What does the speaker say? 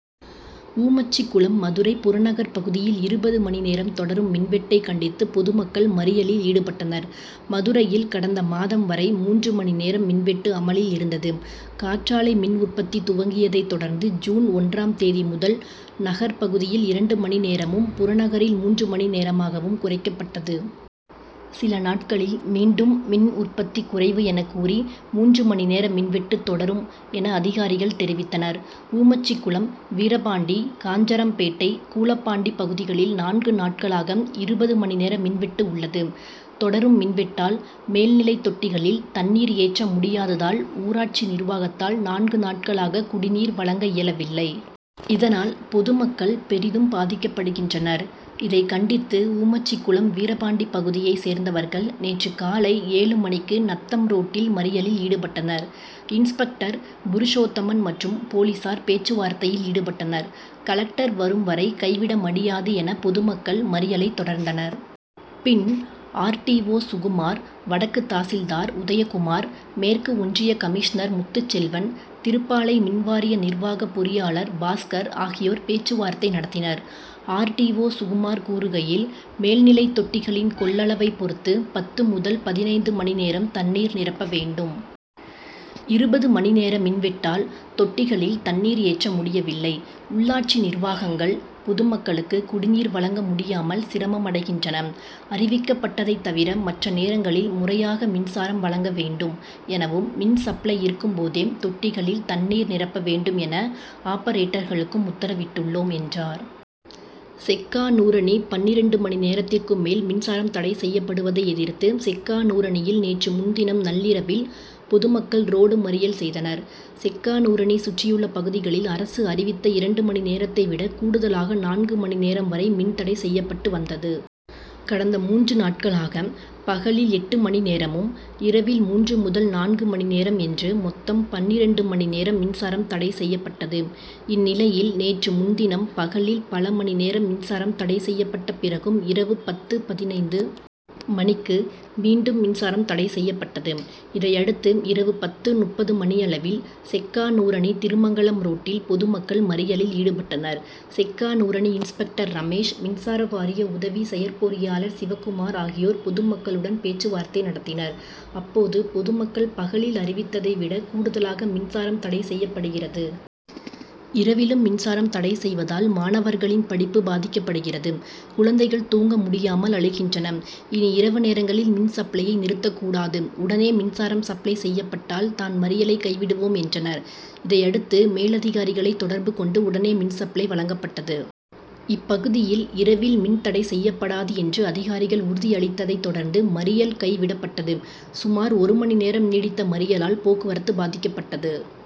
ஊமச்சிகுளம் மதுரை புறநகர் பகுதியில் இருபது மணி நேரம் தொடரும் மின்வெட்டை கண்டித்து பொதுமக்கள் மறியலில் ஈடுபட்டனர். மதுரையில் கடந்த மாதம் வரை மூன்று மணி நேரம் மின்வெட்டு அமலில் இருந்தது. காற்றாலை மின் உற்பத்தி துவங்கியதை தொடர்ந்து ஜூன் ஒன்றாம் தேதி முதல் நகர் பகுதியில் இரண்டு மணி நேரமும், புறநகரில் மூன்று மணி நேரமாகவும் குறைக்கப்பட்டது. சில நாட்களில் மீண்டும் மின் உற்பத்தி குறைவு என கூறி, மூன்று மணி நேர மின்வெட்டு தொடரும் என அதிகாரிகள் தெரிவித்தனர். ஊமச்சிகுளம், வீரபாண்டி, காஞ்சரம்பேட்டை, கூழப்பாண்டி பகுதிகளில் நான்கு நாட்களாக இருபது மணி நேர மின்வெட்டு உள்ளது. தொடரும் மின்வெட்டால், மேல் நிலைத் தொட்டிகளில் தண்ணீர் ஏற்ற முடியாததால் ஊராட்சி நிர்வாகத்தால் நான்கு நாட்களாக குடிநீர் வழங்க இயலவில்லை. இதனால் பொதுமக்கள் பெரிதும் பாதிக்கப்படுகின்றனர். இதை கண்டித்து ஊமச்சிகுளம், வீரபாண்டி பகுதியை சேர்ந்தவர்கள் நேற்று காலை ஏழு மணிக்கு நத்தம் ரோட்டில் மறியலில் ஈடுபட்டனர். இன்ஸ்பெக்டர் புருஷோத்தமன் மற்றும் போலீசார் பேச்சுவார்த்தையில் ஈடுபட்டனர். கலெக்டர் வரும் வரை கைவிட மடியாது என பொதுமக்கள் மறியலை தொடர்ந்தனர். பின் ஆர். டி. ஓ., சுகுமார், வடக்கு தாசில்தார் உதயக்குமார், மேற்கு ஒன்றிய கமிஷனர் முத்துச்செல்வன், திருப்பாலை மின்வாரிய நிர்வாக பொறியாளர் பாஸ்கர் ஆகியோர் பேச்சுவார்த்தை நடத்தினர். ஆர். டி. ஓ., சுகுமார் கூறுகையில், மேல்நிலைத் தொட்டிகளின் கொள்ளளவை பொறுத்து பத்து முதல் பதினைந்து மணி நேரம் தண்ணீர் நிரப்ப வேண்டும். இருபது மணி நேர மின்வெட்டால் தொட்டிகளில் தண்ணீர் ஏற்ற முடியவில்லை. உள்ளாட்சி நிர்வாகங்கள் பொதுமக்களுக்கு குடிநீர் வழங்க முடியாமல் சிரமம் அடைகின்றன. அறிவிக்கப்பட்டதை தவிர மற்ற நேரங்களில் முறையாக மின்சாரம் வழங்க வேண்டும் எனவும், மின்சப்ளை இருக்கும்போதே தொட்டிகளில் தண்ணீர் நிரப்ப வேண்டும் என ஆப்பரேட்டர்களுக்கும் உத்தரவிட்டுள்ளோம், என்றார். செக்கானூரணி பன்னிரண்டு மணி நேரத்திற்கும் மேல் மின்சாரம் தடை செய்யப்படுவதை எதிர்த்து செக்கானூரணியில் நேற்று முன்தினம் நள்ளிரவில் பொதுமக்கள் ரோடு மறியல் செய்தனர். செக்கானூரணி, சுற்றியுள்ள பகுதிகளில் அரசு அறிவித்த இரண்டு மணி நேரத்தைவிட கூடுதலாக நான்கு மணி நேரம்வரை மின் தடை செய்யப்பட்டு வந்தது. கடந்த மூன்று நாட்களாக பகலில் எட்டு மணி நேரமும், இரவில் மூன்று முதல் நான்கு மணி நேரம் என்று மொத்தம் பன்னிரண்டு மணி நேரம் மின்சாரம் தடை செய்யப்பட்டது. இந்நிலையில் நேற்று முன்தினம் பகலில் பல மணி நேரம் மின்சாரம் தடை செய்யப்பட்ட பிறகும் இரவு பத்து.பதினைந்து மணிக்கு மீண்டும் மின்சாரம் தடை செய்யப்பட்டது. இதையடுத்து இரவு பத்து.முப்பது மணியளவில் செக்கானூரணி-திருமங்கலம் ரோட்டில் பொது மக்கள் மறியலில் ஈடுபட்டனர். செக்கானூரணி இன்ஸ்பெக்டர் ரமேஷ், மின்சார வாரிய உதவி செயற்பொறியாளர் சிவக்குமார் ஆகியோர் பொதுமக்களுடன் பேச்சுவார்த்தை நடத்தினர். அப்போது பொதுமக்கள் பகலில் அறிவித்ததை விட கூடுதலாக மின்சாரம் தடை செய்யப்படுகிறது. இரவிலும் மின்சாரம் தடை செய்வதால் மாணவர்களின் படிப்பு பாதிக்கப்படுகிறது. குழந்தைகள் தூங்க முடியாமல் அழுகின்றன. இனி இரவு நேரங்களில் மின் சப்ளையை நிறுத்த கூடாது. உடனே மின்சாரம் சப்ளை செய்யப்பட்டால் தான் மறியலை கைவிடுவோம் என்றனர். இதையடுத்து மேலதிகாரிகளை தொடர்பு கொண்டு உடனே மின் சப்ளை வழங்கப்பட்டது. இப்பகுதியில் இரவில் மின் தடை செய்யப்படாது என்று அதிகாரிகள் உறுதியளித்ததைத் தொடர்ந்து மறியல் கை விடப்பட்டது. சுமார் ஒரு மணி நேரம் நீடித்த மறியலால் போக்குவரத்து பாதிக்கப்பட்டது.